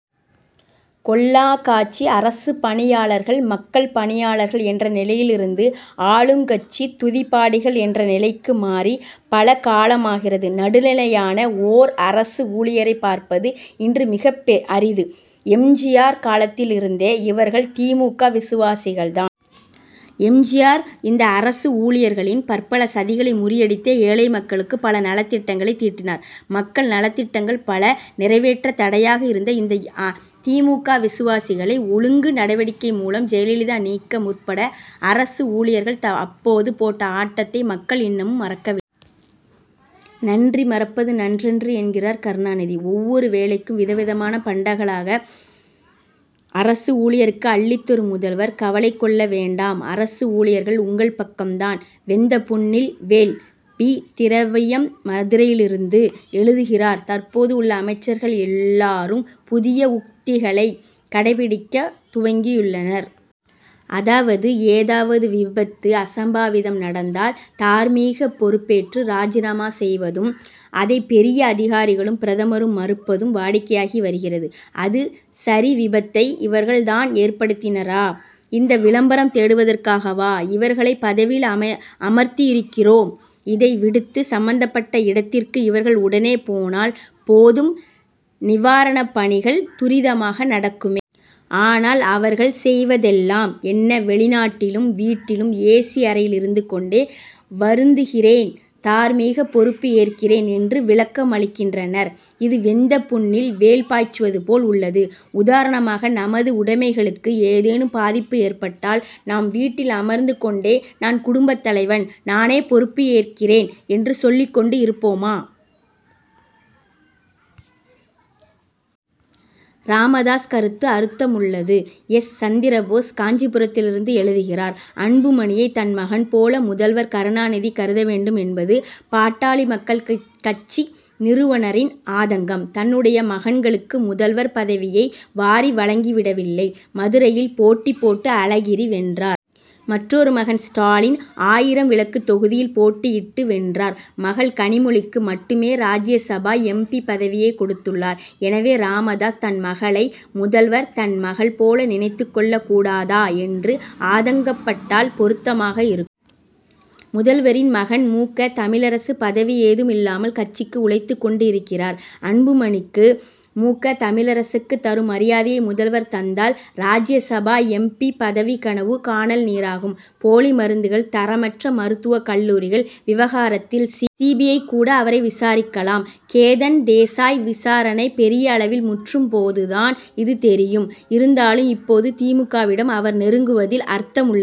கொள்ளாக் காட்சி. அரசுப் பணியாளர்கள் மக்கள் பணியாளர்கள் என்ற நிலையிலிருந்து ஆளுங்கட்சி துதிபாடிகள் என்ற நிலைக்கு மாறி பல காலமாகிறது. நடுநிலையான ஓர் அரசு ஊழியரைப் பார்ப்பது இன்று மிக அரிது. எம். ஜி. ஆர். காலத்திலிருந்தே இவர்கள் தி. மு. க. விசுவாசி தான். எம். ஜி. ஆர்.இந்த அரசு ஊழியர்களின் பற்பல சதிகளை முறியடித்தே, ஏழை மக்களுக்கு பல நல்ல திட்டங்களை தீட்டினார். மக்கள் நலத்திட்டங்கள் பல நிறைவேற்ற தடையாக இருந்த இந்த தி. மு. க. விசுவாசிகளை, ஒழுங்கு நடவடிக்கை மூலம் ஜெயலலிதா நீக்க முற்பட, அரசு ஊழியர்கள் அப்போது போட்ட ஆட்டத்தை, மக்கள் இன்னமும் மறக்க நன்றி மறப்பது நன்றன்று என்கிறார் கருணாநிதி. ஒவ்வொரு வேளைக்கும் விதவிதமான பண்டங்களாக அரசு ஊழியருக்கு அள்ளித்தரும் முதல்வர் கவலை கொள்ள வேண்டாம் அரசு ஊழியர்கள் உங்கள் பக்கம் தான். வெந்த புண்ணில் வேல் பி. திரவியம் மதுரையிலிருந்து எழுதுகிறார் தற்போது உள்ள அமைச்சர்கள் எல்லாரும் புதிய உத்திகளை கடைபிடிக்கத் துவங்கியுள்ளனர். அதாவது ஏதாவது விபத்து அசம்பாவிதம் நடந்தால், தார்மீக பொறுப்பேற்று ராஜினாமா செய்வதும் அதை பெரிய அதிகாரிகளும் பிரதமரும் மறுப்பதும் வாடிக்கையாகி வருகிறது. அது சரிவிபத்தை இவர்கள் தான் ஏற்படுத்தினரா? இந்த விளம்பரம் தேடுவதற்காகவாஸ இவர்களை பதவியில் அமர்த்தியிருக்கிறோம். இதை விடுத்து சம்பந்தப்பட்ட இடத்திற்கு இவர்கள் உடனே போனால் போதும் நிவாரணப் பணிகள் துரிதமாக நடக்குமே. ஆனால் அவர்கள் செய்வதெல்லாம் என்ன வெளிநாட்டிலும் வீட்டிலும் ஏசி அறையில் இருந்து கொண்டே வருந்துகிறேன் தார்மீக பொறுப்பு ஏற்கிறேன் என்று விளக்கமளிக்கின்றனர். இது வெந்த புண்ணில் வேல் பாய்ச்சுவது போல் உள்ளது. உதாரணமாக நமது உடைமைகளுக்கு ஏதேனும் பாதிப்பு ஏற்பட்டால் நாம் வீட்டில் அமர்ந்து கொண்டே நான் குடும்பத் தலைவன் நானே பொறுப்பு ஏற்கிறேன் என்று சொல்லிக் கொண்டிருப்போமா? ராமதாஸ் கருத்து அர்த்தமுள்ளது எஸ். சந்திரபோஸ், காஞ்சிபுரத்திலிருந்து எழுதுகிறார் அன்புமணியை தன் மகன் போல முதல்வர் கருணாநிதி கருத வேண்டும் என்பது, பாட்டாளி மக்கள் கட்சி நிறுவனரின் ஆதங்கம். தன்னுடைய மகன்களுக்கு முதல்வர், பதவியை வாரி வழங்கி விடவில்லை. மதுரையில் போட்டி போட்டு அழகிரி வென்றார். மற்றொரு மகன் ஸ்டாலின், ஆயிரம் விளக்கு தொகுதியில் போட்டியிட்டு வென்றார். மகள் கனிமொழிக்கு மட்டுமே ராஜ்யசபா எம். பி. பதவியை கொடுத்துள்ளார். எனவே ராமதாஸ் தன் மகளை முதல்வர் தன் மகள் போல நினைத்துக் கொள்ளக் கூடாதா என்று ஆதங்கப்பட்டால் பொருத்தமாக இருக்கும். முதல்வரின் மகன் மு. க. தமிழரசு பதவி ஏதும் இல்லாமல் கட்சிக்கு உழைத்துக் கொண்டு இருக்கிறார். அன்புமணிக்கு, மு. க. தமிழரசுக்கு தரும் மரியாதையை முதல்வர் தந்தால் ராஜ்யசபா எம். பி.பதவி கனவு கானல் நீராகும். போலி மருந்துகள் தரமற்ற மருத்துவக் கல்லூரிகள் விவகாரத்தில், சி. சி.பி. ஐ., கூட அவரை விசாரிக்கலாம். கேதன் தேசாய் விசாரணை பெரிய அளவில் முற்றும் போதுதான் இது தெரியும். இருந்தாலும், இப்போது தி. மு. க., விடம் அவர் நெருங்குவதில் அர்த்தமுள்ளது.